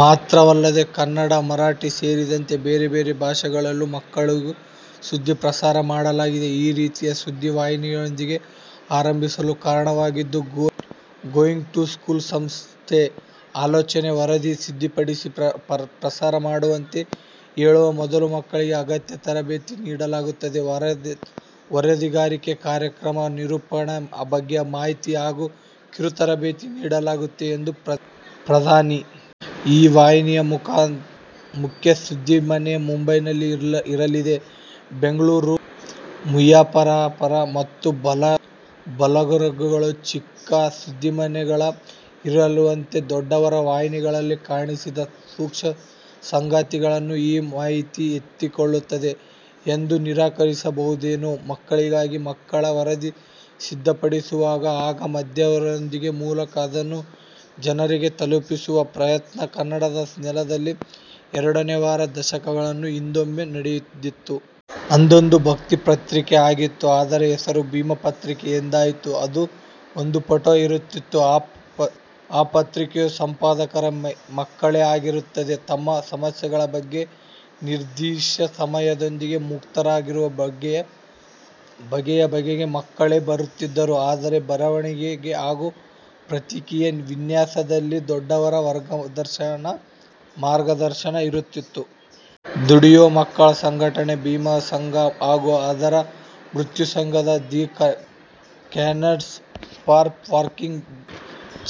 ಮಾತ್ರವಲ್ಲದೆ ಕನ್ನಡ, ಮರಾಠಿ ಸೇರಿದಂತೆ ಬೇರೆ ಬೇರೆ ಭಾಷೆಗಳಲ್ಲೂ ಮಕ್ಕಳು ಸುದ್ದಿ ಪ್ರಸಾರ ಮಾಡಲಿದ್ದಾರೆ. ಈ ರೀತಿಯ ಸುದ್ದಿ ವಾಹಿನಿಯೊಂದನ್ನು ಆರಂಭಿಸಲು ಕಾರಣವಾಗಿದ್ದು ಗೋಯಿಂಗ್ ಟು ಸ್ಕೂಲ್ ಸಂಸ್ಥೆಯ ಆಲೋಚನೆ. ವರದಿ ಸಿದ್ಧಪಡಿಸಿ, ಪ್ರಸಾರ ಮಾಡುವಂತೆ ಹೇಳುವ ಮೊದಲು ಮಕ್ಕಳಿಗೆ ಅಗತ್ಯ ತರಬೇತಿ ನೀಡಲಾಗುತ್ತದೆ. ವರದಿಗಾರಿಕೆ, ಕಾರ್ಯಕ್ರಮ ನಿರೂಪಣೆ ಬಗ್ಗೆ ಅವರಿಗೆ ಮಾಹಿತಿ ಹಾಗೂ ಕಿರು ತರಬೇತಿ ನೀಡಲಾಗುತ್ತದೆ' ಎಂದರು ಪದ್ಮಿನಿ. ಈ ವಾಹಿನಿಯ ಮುಖ್ಯ 'ಸುದ್ದಿಮನೆ' ಮುಂಬೈನಲ್ಲಿ ಇರಲಿದೆ. ಬೆಂಗಳೂರು, ಮುಝಫ್ಫರ್ಪುರ ಮತ್ತು ಭಾಗಲ್ಪುರಗಳಲ್ಲೂ ಚಿಕ್ಕ 'ಸುದ್ದಿಮನೆ'ಗಳು ಇರಲಿವೆಯಂತೆ. ದೊಡ್ಡವರ ವಾಹಿನಿಗಳಲ್ಲಿ ಕಾಣಿಸದ ಸೂಕ್ಷ್ಮ ಸಂಗತಿಗಳನ್ನು ಈ ವಾಹಿತಿ ಎತ್ತಿಕೊಳ್ಳುತ್ತದೆ ಎಂದು ನಿರೀಕ್ಷಿಸಬಹುದೇನೋ. ಮಕ್ಕಳಿಗಾಗಿ ಮಕ್ಕಳೇ ವರದಿ ಸಿದ್ಧಪಡಿಸುವ ಹಾಗೂ ಮಾಧ್ಯಮವೊಂದರ ಮೂಲಕ ಅದನ್ನು ಜನರಿಗೆ ತಲುಪಿಸುವ ಪ್ರಯತ್ನ ಕನ್ನಡದ ನೆಲದಲ್ಲಿ ಎರಡೂವರೆ ದಶಕಗಳ ಹಿಂದೊಮ್ಮೆ ನಡೆದಿತ್ತು. ಅದೊಂದು ಭಿತ್ತಿ ಪತ್ರಿಕೆ ಆಗಿತ್ತು. ಅದರ ಹೆಸರು 'ಭೀಮ ಪತ್ರಿಕೆ' ಎಂದಾಗಿತ್ತು. ಅದು ಒಂದು ಪುಟ ಇರುತ್ತಿತ್ತು. ಆ ಪತ್ರಿಕೆಯ ಸಂಪಾದಕರು ಮಕ್ಕಳೇ ಆಗಿರುತ್ತಿದ್ದರು. ತಮ್ಮ ಸಮಸ್ಯೆಗಳ ಬಗ್ಗೆ, ನಿರ್ದಿಷ್ಟ ಸಮಸ್ಯೆಯೊಂದರಿಂದ ಮುಕ್ತರಾಗುವ ಬಗೆಯ ಬಗ್ಗೆ ಮಕ್ಕಳೇ ಬರೆಯುತ್ತಿದ್ದರು. ಆದರೆ ಬರವಣಿಗೆ ಹಾಗೂ ಪತ್ರಿಕೆಯ ವಿನ್ಯಾಸದಲ್ಲಿ ದೊಡ್ಡವರ ಮಾರ್ಗದರ್ಶನ ಇರುತ್ತಿತ್ತು. ದುಡಿಯುವ ಮಕ್ಕಳ ಸಂಘಟನೆ 'ಭೀಮ ಸಂಘ' ಹಾಗೂ ಅದರ ಮಾತೃ ಸಂಸ್ಥೆ 'the concerned for working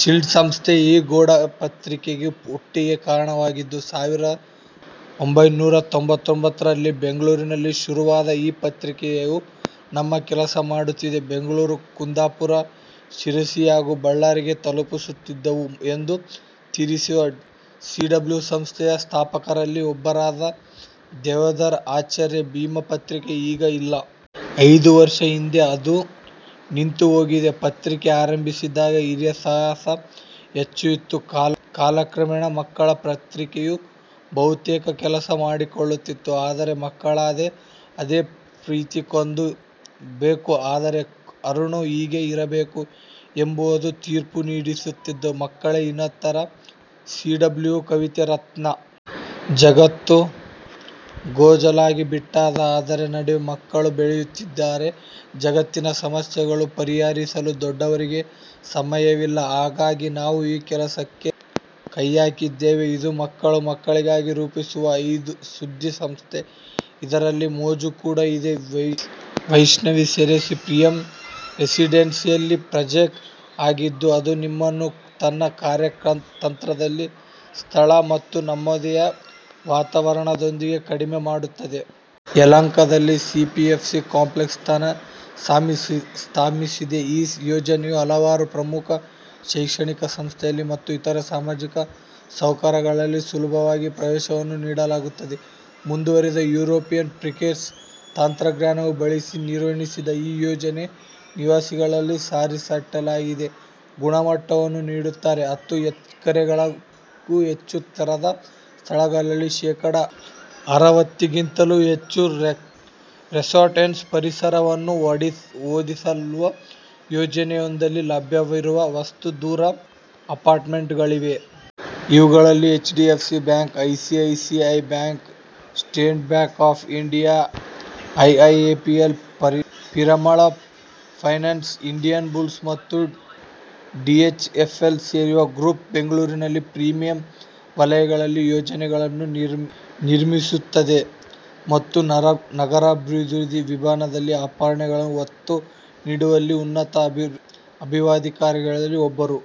children' ಸಂಸ್ಥೆಯು ಈ ಗೋಡೆಪತ್ರಿಕೆಯ ಹುಟ್ಟಿಗೆ ಕಾರಣವಾಗಿದ್ದವು. 'ಸಾವಿರದ ಒಂಭೈನೂರ ತೊಂಭತ್ತರಲ್ಲಿ ಬೆಂಗಳೂರಿನಲ್ಲಿ ಶುರುವಾದ ಈ ಪತ್ರಿಕೆಯನ್ನು ನಾವು ಕೆಲಸ ಮಾಡುತ್ತಿದ್ದ ಬೆಂಗಳೂರು, ಕುಂದಾಪುರ, ಶಿರಸಿ ಹಾಗೂ ಬಳ್ಳಾರಿಗೆ ತಲುಪಿಸುತ್ತಿದ್ದೆವು' ಎಂದು ತಿಳಿಸಿದರು ಸಿಡಬ್ಲ್ಯೂಸಿ ಸಂಸ್ಥೆಯ ಸ್ಥಾಪಕರಲ್ಲಿ ಒಬ್ಬರಾದ ದಾಮೋದರ ಆಚಾರ್ಯ 'ಭೀಮ ಪತ್ರಿಕೆ' ಈಗ ಇಲ್ಲ. ಐದು ವರ್ಷಗಳ ಹಿಂದೆ ಅದು ನಿಂತುಹೋಗಿದೆ. 'ಪತ್ರಿಕೆ ಆರಂಭಿಸಿದಾಗ ಹಿರಿಯರ ಸಹಾಯ ಹೆಚ್ಚು ಇತ್ತು. ಕಾಲಕ್ರಮೇಣ ಮಕ್ಕಳೇ ಪತ್ರಿಕೆಯ ಬಹುತೇಕ ಕೆಲಸಗಳನ್ನು ಮಾಡಿಕೊಳ್ಳುತ್ತಿದ್ದರು. ಆದರೆ, ಮಕ್ಕಳದೇ ಆದ ಪತ್ರಿಕೆಯೊಂದು ಬೇಕು, ಅದರ ಹೂರಣ ಹೀಗೇ ಇರಬೇಕು ಎಂಬುದನ್ನು ತೀರ್ಮಾನಿಸುತ್ತಿದ್ದುದು ಮಕ್ಕಳೇ' ಎನ್ನುತ್ತಾರೆ ಸಿಡಬ್ಲ್ಯೂಸಿಯ ಕವಿತಾ ರತ್ನಾ. ಜಗತ್ತು ಗೋಜಲಾಗಿಬಿಟ್ಟಿದೆ. ಇದರ ನಡುವೆಯೇ ಮಕ್ಕಳು ಬೆಳೆಯುತ್ತಿದ್ದಾರೆ. ಜಗತ್ತಿನ ಸಮಸ್ಯೆಗಳನ್ನು ಪರಿಹರಿಸಲು ದೊಡ್ಡವರಿಗೆ ಸಮಯವಿಲ್ಲ. ಹಾಗಾಗಿ ನಾವು ಈ ಕೆಲಸಕ್ಕೆ ಕೈಹಾಕಿದ್ದೇವೆ. ಇದು ಮಕ್ಕಳು, ಮಕ್ಕಳಿಗಾಗಿ ರೂಪಿಸಿರುವ ಸುದ್ಧಿ ಸಂಸ್ಥೆ. ಇದರಲ್ಲಿ ಮೋಜು ಕೂಡ ಇದೆ. Vaishnavi serene premium residential project ಆಗಿದ್ದು, ಅದು ನಿಮ್ಮನ್ನು ತನ್ನ ಕಾರ್ಯತಂತ್ರದ ಸ್ಥಳ ಮತ್ತು ನೆಮ್ಮದಿಯ ವಾತಾವರಣದೊಂದಿಗೆ ಕಡಿಮೆ ಮಾಡುತ್ತದೆ. ಯಳಹಂಕಾದಲ್ಲಿನ ಸಿಆರ್ಪಿಎಫ್ ಕ್ಯಾಂಪಸ್ಗೆ ಸಮೀಪದಲ್ಲಿದೆ, ಈ ಯೋಜನೆಯು ಹಲವಾರು ಪ್ರಮುಖ ಶೈಕ್ಷಣಿಕ ಸಂಸ್ಥೆಗಳು ಮತ್ತು ಇತರ ಸಾಮಾಜಿಕ ಸೌಕರ್ಯಗಳಿಗೆ ಸುಲಭವಾಗಿ ಪ್ರವೇಶವನ್ನು ನೀಡುತ್ತದೆ. ಮುಂದುವರಿದ ಯುರೋಪಿಯನ್ ಪ್ರಿಕ್ಯಾಸ್ಟ್ ತಂತ್ರಜ್ಞಾನವನ್ನು ಬಳಸಿ ನಿರ್ಮಿಸಿದ ಈ ಯೋಜನೆಯು ನಿವಾಸಿಗಳಿಗೆ ಸರಿಸಾಟಿಯಿಲ್ಲದ ಗುಣಮಟ್ಟವನ್ನು ನೀಡುತ್ತದೆ. ಹತ್ತು ಎಕರೆಗಳಿಗೂ ಹೆಚ್ಚು ತೆರೆದ ಸ್ಥಳಗಳಲ್ಲಿ ಶೆಕಡಾ ಅರವತ್ತಕ್ಕಿಂತಲೂ ಹೆಚ್ಚು ರೆಸಾರ್ಟ್ ಎಸ್ಕ್ಯೂ ಪರಿಸರವನ್ನು ಒದಗಿಸುವ ಯೋಜನೆಯೊಂದರಲ್ಲಿ ಲಭ್ಯವಿರುವ ವಾಸ್ತ ದೂರು ಅಪಾರ್ಟ್ಮೆಂಟ್ಗಳಿವೆ. ಇವುಗಳಲ್ಲಿ HDFC bank, ICICI bank, state bank of India, IIFL, Piramal Finance, Indiabulls ಮತ್ತು ಡಿಎಚ್ಎಫ್ಎಲ್ ಸೇರಿವೆ. ಗ್ರೂಪ್ ಬೆಂಗಳೂರಿನ ಪ್ರೀಮಿಯಂ ವಲಯಗಳಲ್ಲಿ ಯೋಜನೆಗಳನ್ನು ನಿರ್ಮಿಸುತ್ತದೆ ಮತ್ತು ನಗರಾಭಿವೃದ್ಧಿ ವಿಭಾಗದಲ್ಲಿ ಅರ್ಪಣೆಗಳನ್ನು ಒತ್ತು ನೀಡುವಲ್ಲಿ ಉನ್ನತ ಅಭಿವರ್ಧಕರಲ್ಲಿ ಒಬ್ಬರು.